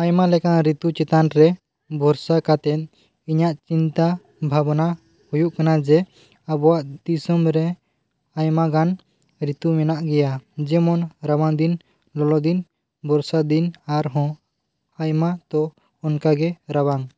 ᱟᱭᱢᱟ ᱞᱮᱠᱟᱱ ᱨᱤᱛᱩ ᱪᱮᱛᱟᱱ ᱨᱮ ᱵᱷᱚᱨᱥᱟ ᱠᱟᱛᱮᱫ ᱤᱧᱟᱹᱜ ᱪᱤᱱᱛᱟᱹ ᱵᱷᱟᱵᱽᱱᱟ ᱦᱩᱭᱩᱜ ᱠᱟᱱᱟ ᱡᱮ ᱟᱵᱚᱣᱟᱜ ᱫᱤᱥᱚᱢ ᱨᱮ ᱟᱭᱢᱟᱜᱟᱱ ᱨᱤᱛᱩ ᱢᱮᱱᱟᱜ ᱜᱮᱭᱟ, ᱡᱮᱢᱚᱱ ᱨᱟᱵᱟᱝ ᱫᱤᱱ, ᱞᱚᱞᱚ ᱫᱤᱱ, ᱵᱚᱨᱥᱟ ᱫᱤᱱ ᱟᱨ ᱦᱚᱸ ᱟᱭᱢᱟ᱾ ᱛᱚ ᱚᱱᱠᱟᱜᱮ ᱨᱟᱵᱟᱝ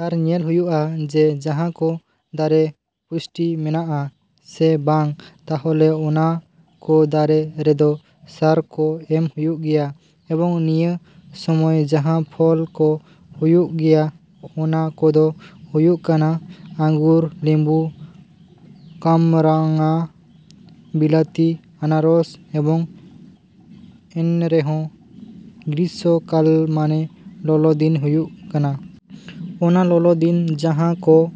ᱟᱨ ᱧᱮᱞ ᱦᱩᱭᱩᱜᱼᱟ ᱡᱮ ᱡᱟᱦᱟᱸ ᱠᱚ ᱫᱟᱨᱮ ᱯᱩᱥᱴᱤ ᱢᱮᱱᱟᱜᱼᱟ ᱥᱮ ᱵᱟᱝ, ᱛᱟᱦᱞᱮ ᱚᱱᱟ ᱠᱚ ᱫᱟᱨᱮ ᱨᱮᱫᱚ ᱥᱟᱨ ᱠᱚ ᱮᱢ ᱦᱩᱭᱩᱜ ᱜᱮᱭᱟ᱾ ᱮᱵᱚᱝ ᱱᱤᱭᱟᱹ ᱥᱚᱢᱚᱭ ᱡᱟᱦᱟᱸ ᱯᱷᱚᱞ ᱠᱚ ᱦᱩᱭᱩᱜ ᱜᱮᱭᱟ ᱚᱱᱟ ᱠᱚᱫᱚ ᱦᱩᱭᱩᱜ ᱠᱟᱱᱟ ᱟᱸᱜᱩᱨ, ᱞᱮᱵᱩ, ᱠᱟᱢᱨᱟᱝᱟ, ᱵᱤᱞᱟᱛᱤ, ᱟᱱᱟᱨᱚᱥ ᱮᱵᱚᱝ ᱮᱱᱨᱮᱦᱚᱸ ᱜᱨᱤᱥᱥᱚ ᱠᱟᱞ ᱢᱟᱱᱮ ᱞᱚᱞᱚ ᱫᱤᱱ ᱦᱩᱭᱩᱜ ᱠᱟᱱᱟ᱾ ᱚᱱᱟ ᱞᱚᱞᱚ ᱫᱤᱱ ᱡᱟᱦᱟᱸ ᱠᱚ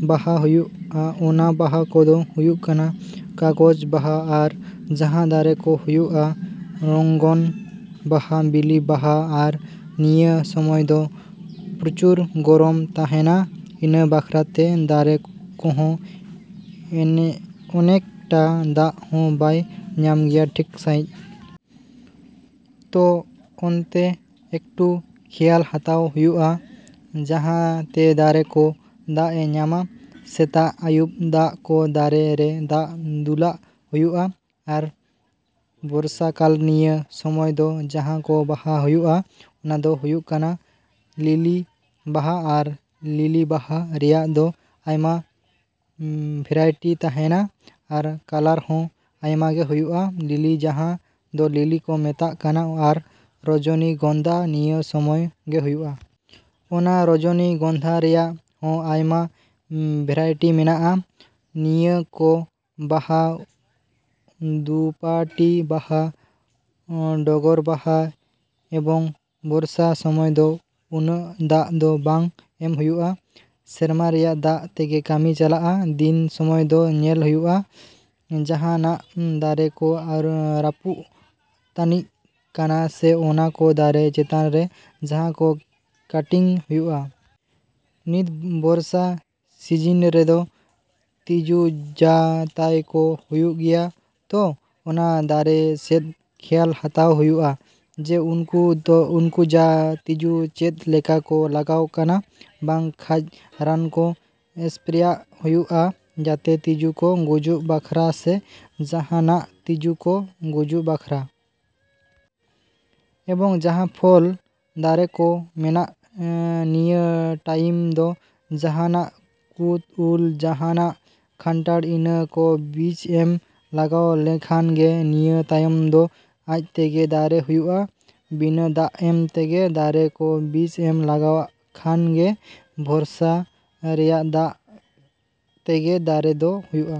ᱵᱟᱦᱟ ᱦᱩᱭᱩᱜᱼᱟ ᱚᱱᱟ ᱵᱟᱦᱟ ᱠᱚᱫᱚ ᱦᱩᱭᱩᱜ ᱠᱟᱱᱟ ᱠᱟᱜᱚᱡᱽ ᱵᱟᱦᱟ ᱟᱨ ᱡᱟᱦᱟᱸ ᱫᱟᱨᱮ ᱠᱚ ᱦᱩᱭᱩᱜᱼᱟ ᱨᱚᱝᱜᱚᱱ ᱵᱟᱦᱟ, ᱵᱤᱞᱤ ᱵᱟᱦᱟ᱾ ᱟᱨ ᱱᱤᱭᱟᱹ ᱥᱚᱢᱚᱭ ᱫᱚ ᱯᱨᱚᱪᱩᱨ ᱜᱚᱨᱚᱢ ᱛᱟᱦᱮᱸᱱᱟ, ᱤᱱᱟᱹ ᱵᱟᱠᱷᱨᱟᱛᱮ ᱫᱟᱨᱮ ᱠᱚᱦᱚᱸ ᱚᱱᱮᱠᱴᱟ ᱫᱟᱜ ᱦᱚᱸ ᱵᱟᱭ ᱧᱟᱢ ᱜᱮᱭᱟ ᱴᱷᱤᱠ ᱥᱟᱹᱦᱤᱡ᱾ ᱛᱚ ᱚᱱᱛᱮ ᱮᱠᱴᱩ ᱠᱷᱮᱭᱟᱞ ᱦᱟᱛᱟᱣ ᱦᱩᱭᱩᱜᱼᱟ ᱡᱟᱦᱟᱸ ᱛᱮ ᱫᱟᱨᱮ ᱠᱚ ᱫᱟᱜ ᱮ ᱧᱟᱢᱟ᱾ ᱥᱮᱛᱟᱜ ᱟᱭᱩᱵ ᱫᱟᱜ ᱠᱚ ᱫᱟᱨᱮ ᱨᱮ ᱫᱟᱜ ᱫᱩᱞᱟᱜ ᱦᱩᱭᱩᱜᱼᱟ᱾ ᱟᱨ ᱵᱚᱨᱥᱟ ᱠᱟᱞ ᱱᱤᱭᱟᱹ ᱥᱚᱢᱚᱭ ᱫᱚ ᱡᱟᱦᱟᱸ ᱠᱚ ᱵᱟᱦᱟ ᱦᱩᱭᱩᱜᱼᱟ ᱚᱱᱟ ᱫᱚ ᱦᱩᱭᱩᱜ ᱠᱟᱱᱟ ᱞᱤᱞᱤ ᱵᱟᱦᱟ ᱟᱨ ᱞᱤᱞᱤ ᱵᱟᱦᱟ ᱨᱮᱭᱟᱜ ᱫᱚ ᱟᱭᱢᱟ ᱵᱷᱮᱨᱟᱭᱴᱤ ᱛᱟᱦᱮᱸᱱᱟ ᱟᱨ ᱠᱟᱞᱟᱨ ᱦᱚᱸ ᱟᱭᱢᱟᱜᱮ ᱦᱩᱭᱩᱜᱼᱟ ᱞᱤᱞᱤ ᱡᱟᱦᱟᱸ ᱫᱚ ᱞᱤᱞᱤ ᱠᱚ ᱢᱮᱛᱟᱜ ᱠᱟᱱᱟ ᱟᱨ ᱨᱚᱡᱚᱱᱤ ᱜᱚᱱᱫᱷᱟ ᱱᱤᱭᱟᱹ ᱥᱚᱢᱚᱭ ᱜᱮ ᱦᱩᱭᱩᱜᱼᱟ᱾ ᱚᱱᱟ ᱨᱚᱡᱚᱱᱤ ᱜᱚᱱᱫᱷᱟ ᱨᱮᱭᱟᱜ ᱦᱚᱸ ᱟᱭᱢᱟ ᱵᱷᱮᱨᱟᱭᱴᱤ ᱢᱮᱱᱟᱜᱼᱟ᱾ ᱱᱤᱭᱟᱹ ᱠᱚ ᱵᱟᱦᱟ ᱫᱳᱯᱟᱴᱤ ᱵᱟᱦᱟ, ᱰᱚᱜᱚᱨ ᱵᱟᱦᱟ ᱮᱵᱚᱝ ᱵᱚᱨᱥᱟ ᱥᱚᱢᱚᱭ ᱫᱚ ᱩᱱᱟᱹᱜ ᱫᱟᱜ ᱫᱚ ᱵᱟᱝ ᱮᱢ ᱦᱩᱭᱩᱜᱼᱟ, ᱥᱮᱨᱢᱟ ᱨᱮᱭᱟᱜ ᱫᱟᱜ ᱛᱮᱜᱮ ᱠᱟᱢᱤ ᱪᱟᱞᱟᱜᱼᱟ᱾ ᱛᱤᱱ ᱥᱚᱢᱚᱭ ᱫᱚ ᱧᱮᱞ ᱦᱩᱭᱩᱜᱼᱟ ᱡᱟᱦᱟᱸᱱᱟᱜ ᱫᱟᱨᱮ ᱠᱚ ᱨᱟᱯᱩᱜ ᱛᱟᱱᱤᱜ ᱠᱟᱱᱟ ᱥᱮ ᱚᱱᱟ ᱠᱚ ᱫᱟᱨᱮ ᱪᱮᱛᱟᱱ ᱨᱮ ᱡᱟᱦᱟᱸ ᱠᱚ ᱠᱟᱴᱤᱝ ᱦᱩᱭᱩᱜᱼᱟ᱾ ᱱᱤᱛ ᱵᱚᱨᱥᱟ ᱥᱤᱡᱤᱱ ᱨᱮᱫᱚ ᱛᱤᱡᱩ ᱡᱟ ᱛᱟᱭ ᱠᱚ ᱦᱩᱭᱩᱜ ᱜᱮᱭᱟ ᱛᱚ ᱚᱱᱟ ᱫᱟᱨᱮ ᱥᱮᱫ ᱠᱷᱮᱭᱟᱞ ᱦᱟᱛᱟᱣ ᱦᱩᱭᱩᱜᱼᱟ ᱡᱮ ᱩᱱᱠᱩ ᱫᱚ ᱡᱟ ᱛᱤᱡᱩ ᱪᱮᱫ ᱞᱮᱠᱟ ᱠᱚ ᱞᱟᱜᱟᱣ ᱠᱟᱱᱟ, ᱵᱟᱝ ᱠᱷᱟᱡ ᱨᱟᱱ ᱠᱚ ᱥᱯᱨᱮᱭᱟᱜ ᱦᱩᱭᱩᱜᱼᱟ ᱡᱟᱛᱮ ᱛᱤᱡᱩ ᱠᱚ ᱜᱩᱡᱩᱜ ᱵᱟᱠᱷᱨᱟ ᱥᱮ ᱡᱟᱦᱟᱸᱱᱟᱜ ᱛᱤᱡᱩ ᱠᱚ ᱜᱩᱡᱩᱜ ᱵᱟᱠᱷᱨᱟ᱾ ᱮᱵᱚᱝ ᱡᱟᱦᱟᱸ ᱯᱷᱚᱞ ᱫᱟᱨᱮ ᱠᱚ ᱢᱮᱱᱟᱜ ᱱᱤᱭᱟᱹ ᱴᱟᱭᱤᱢ ᱫᱚ ᱡᱟᱦᱟᱸᱱᱟᱜ ᱠᱩᱛ, ᱩᱞ, ᱡᱟᱦᱟᱸᱱᱟᱜ ᱠᱟᱱᱴᱷᱟᱲ ᱤᱱᱟᱹ ᱠᱚ ᱵᱤᱪ ᱮᱢ ᱞᱟᱜᱟᱣ ᱞᱮᱠᱷᱟᱱ ᱜᱮ ᱱᱤᱭᱟᱹ ᱛᱟᱭᱚᱢ ᱫᱚ ᱟᱡ ᱛᱮᱜᱮ ᱫᱟᱨᱮ ᱦᱩᱭᱩᱜᱼᱟ᱾ ᱵᱤᱱᱟᱹ ᱫᱟᱜ ᱮᱢ ᱛᱮᱜᱮ ᱫᱟᱨᱮ ᱠᱚ ᱵᱤᱪ ᱮᱢ ᱞᱟᱜᱟᱣᱟᱜ ᱠᱷᱟᱱ ᱜᱮ ᱵᱚᱨᱥᱟ ᱨᱮᱭᱟᱜ ᱫᱟᱜ ᱛᱮᱜᱮ ᱫᱟᱨᱮ ᱫᱚ ᱦᱩᱭᱩᱜᱼᱟ᱾